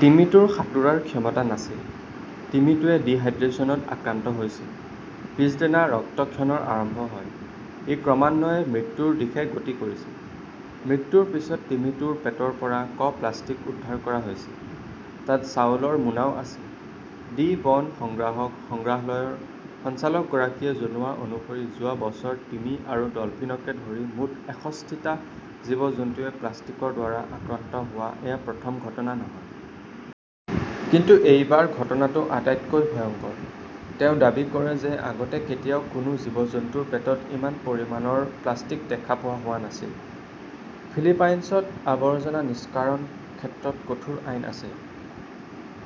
তিমিটোৰ সাঁতোৰাৰ ক্ষমতা নাছিল। তিমিটোৱে ডিহাইড্ৰেছনত আক্ৰান্ত হৈছিল। পিছদিনা ৰক্তক্ষৰণ আৰম্ভ হয়। ই ক্ৰমান্বয়ে মৃত্যুৰ দিশে গতি কৰিছিল। মৃত্যুৰ পিছত তিমিটোৰ পেটৰ পৰা ক প্লাষ্টিক উদ্ধাৰ কৰা হৈছিল। তাত চাউলৰ মোনাও আছিল। ডি বন সংগ্ৰাহক সংগ্ৰহালয়ৰ সঞ্চালকগৰাকীয়ে জনোৱা অনুসৰি যোৱা বছৰত তিমি আৰু ডলফিনকে ধৰি মুঠ এষষ্ঠী টা জীৱ-জন্তুৱে প্লাষ্টিকৰ দ্বাৰা আক্ৰান্ত হোৱাৰ এয়া প্ৰথম ঘটনা নহয়। কিন্তু এইবাৰ ঘটনাটো আটাইতকৈ ভয়ংকৰ। তেওঁ দাবী কৰে যে আগতে কেতিয়াও কোনো জীৱ-জন্তুৰ পেটত ইমান পৰিমাণৰ প্লাষ্টিক দেখা পোৱা হোৱা নাছিল। ফিলিপাইনছত আৱৰ্জনা নিষ্কাশনৰ ক্ষেত্ৰত কঠোৰ আইন আছে।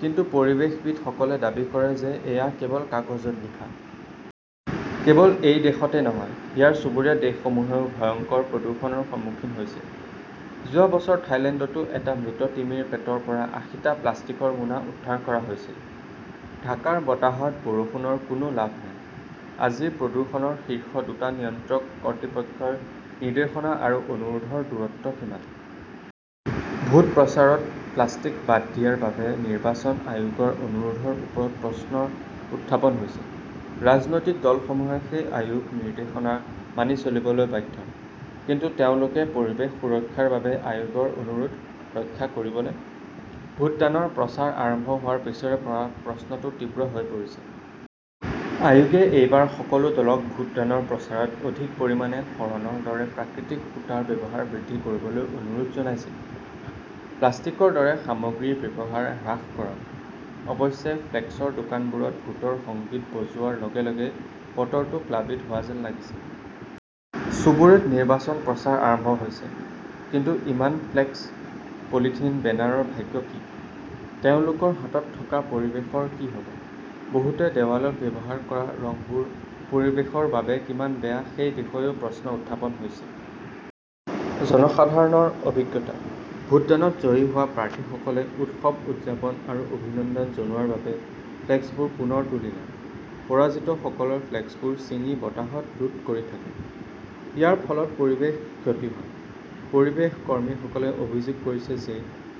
কিন্তু পৰিৱেশবিদসকলে দাবী কৰে যে এয়া কেৱল কাগজত লিখা। কেৱল এই দেশতে নহয়, ইয়াৰ চুবুৰীয়া দেশসমূহেও ভয়ংকৰ প্ৰদূষণৰ সন্মুখীন হৈছে। যোৱা বছৰ থাইলেণ্ডতো এটা মৃত তিমিৰ পেটৰ পৰা আশীটা প্লাষ্টিকৰ মোনা উদ্ধাৰ কৰা হৈছিল। ঢাকাৰ বতাহত বৰষুণৰ কোনো লাভ নাই, আজি প্ৰদূষণৰ শীৰ্ষ দুটা নিয়ন্ত্ৰক কৰ্তৃপক্ষৰ 'নিৰ্দেশনা' আৰু 'অনুৰোধ' ৰ দূৰত্ব কিমান? ভোট প্ৰচাৰত প্লাষ্টিক বাদ দিয়াৰ বাবে নিৰ্বাচন আয়োগৰ অনুৰোধৰ ওপৰত প্ৰশ্ন উত্থাপন হৈছে। ৰাজনৈতিক দলসমূহে সেই আয়োগৰ নিৰ্দেশনা মানি চলিবলৈ বাধ্য। কিন্তু তেওঁলোকে পৰিৱেশ সুৰক্ষাৰ বাবে আয়োগৰ 'অনুৰোধ 'ৰক্ষা কৰিব নেকি? ভোটদানৰ প্ৰচাৰ আৰম্ভ হোৱাৰ পিছৰে পৰা প্ৰশ্নটো তীব্ৰ হৈ পৰিছে। আয়োগে এইবাৰ সকলো দলক ভোটদানৰ প্ৰচাৰত অধিক পৰিমাণে শণৰ দৰে প্ৰাকৃতিক সূতাৰ ব্যৱহাৰ বৃদ্ধি কৰিবলৈ অনুৰোধ জনাইছে। প্লাষ্টিকৰ দৰে সামগ্ৰীৰ ব্যৱহাৰ হ্ৰাস কৰক। অৱশ্যে, ফ্লেক্সৰ দোকানবোৰত ভোটৰ সংগীত বজোৱাৰ লগে লগে বতৰটো প্লাবিত হোৱা যেন লাগিছে। চুবুৰীত নিৰ্বাচনী প্ৰচাৰ আৰম্ভ হৈছে। কিন্তু ইমান ফ্লেক্স, পলিথিন বেনাৰৰ ভাগ্য কি? তেওঁলোকৰ হাতত থকা পৰিৱেশৰ কি হ 'ব? বহুতে দেৱালত ব্যৱহাৰ কৰা ৰংবোৰ পৰিৱেশৰ বাবে কিমান বেয়া সেই বিষয়েও প্ৰশ্ন উত্থাপন কৰিছে। জনসাধাৰণৰ অভিজ্ঞতা, ভোটদানত জয়ী হোৱা প্ৰাৰ্থীসকলে উৎসৱ উদযাপন আৰু অভিনন্দন জনোৱাৰ বাবে ফ্লেক্সবোৰ পুনৰ তুলি লয়। পৰাজিতসকলৰ ফ্লেক্সবোৰ ছিঙি বতাহত লুট কৰি থাকে। ইয়াৰ ফলত পৰিৱেশৰ ক্ষতি হয়। পৰিৱেশ কৰ্মীসকলে অভিযোগ কৰিছে যে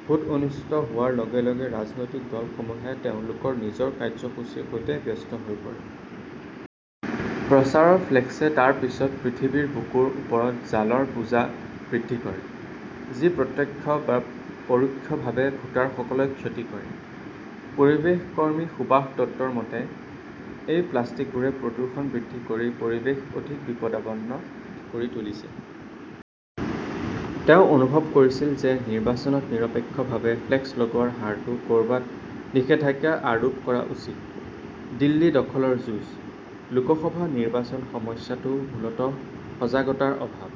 ভোট অনুষ্ঠিত হোৱাৰ লগে লগে ৰাজনৈতিক দলসমূহে তেওঁলোকৰ নিজৰ কাৰ্যসূচীৰ সৈতে ব্যস্ত হৈ পৰে। প্ৰচাৰৰ ফ্লেক্সে তাৰ পিছত পৃথিৱীৰ বুকুৰ ওপৰত জালৰ বোজা বৃদ্ধি কৰে। যি প্ৰত্যক্ষ বা পৰোক্ষভাৱে ভোটাৰসকলক ক্ষতি কৰে। পৰিৱেশ কৰ্মী সুভাষ দত্তৰ মতে, এই প্লাষ্টিকবোৰে প্ৰদূষণ বৃদ্ধি কৰি পৰিৱেশক অধিক বিপদাপন্ন কৰি তুলিছে। তেওঁ অনুভৱ কৰিছিল যে নিৰ্বাচনত নিৰপেক্ষভাৱে ফ্লেক্স লগোৱাৰ হাৰতো কৰবাত নিষেধাজ্ঞা আৰোপ কৰা উচিত। দিল্লী দখলৰ যুঁজ, লোকসভা নিৰ্বাচন সমস্যাটো মূলতঃ সজাগতাৰ অভাৱ।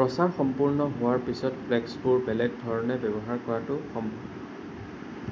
প্ৰচাৰ সম্পূৰ্ণ হোৱাৰ পিছত ফ্লেক্সবোৰ বেলেগ ধৰণে ব্যৱহাৰ কৰাটো সম্ভৱ।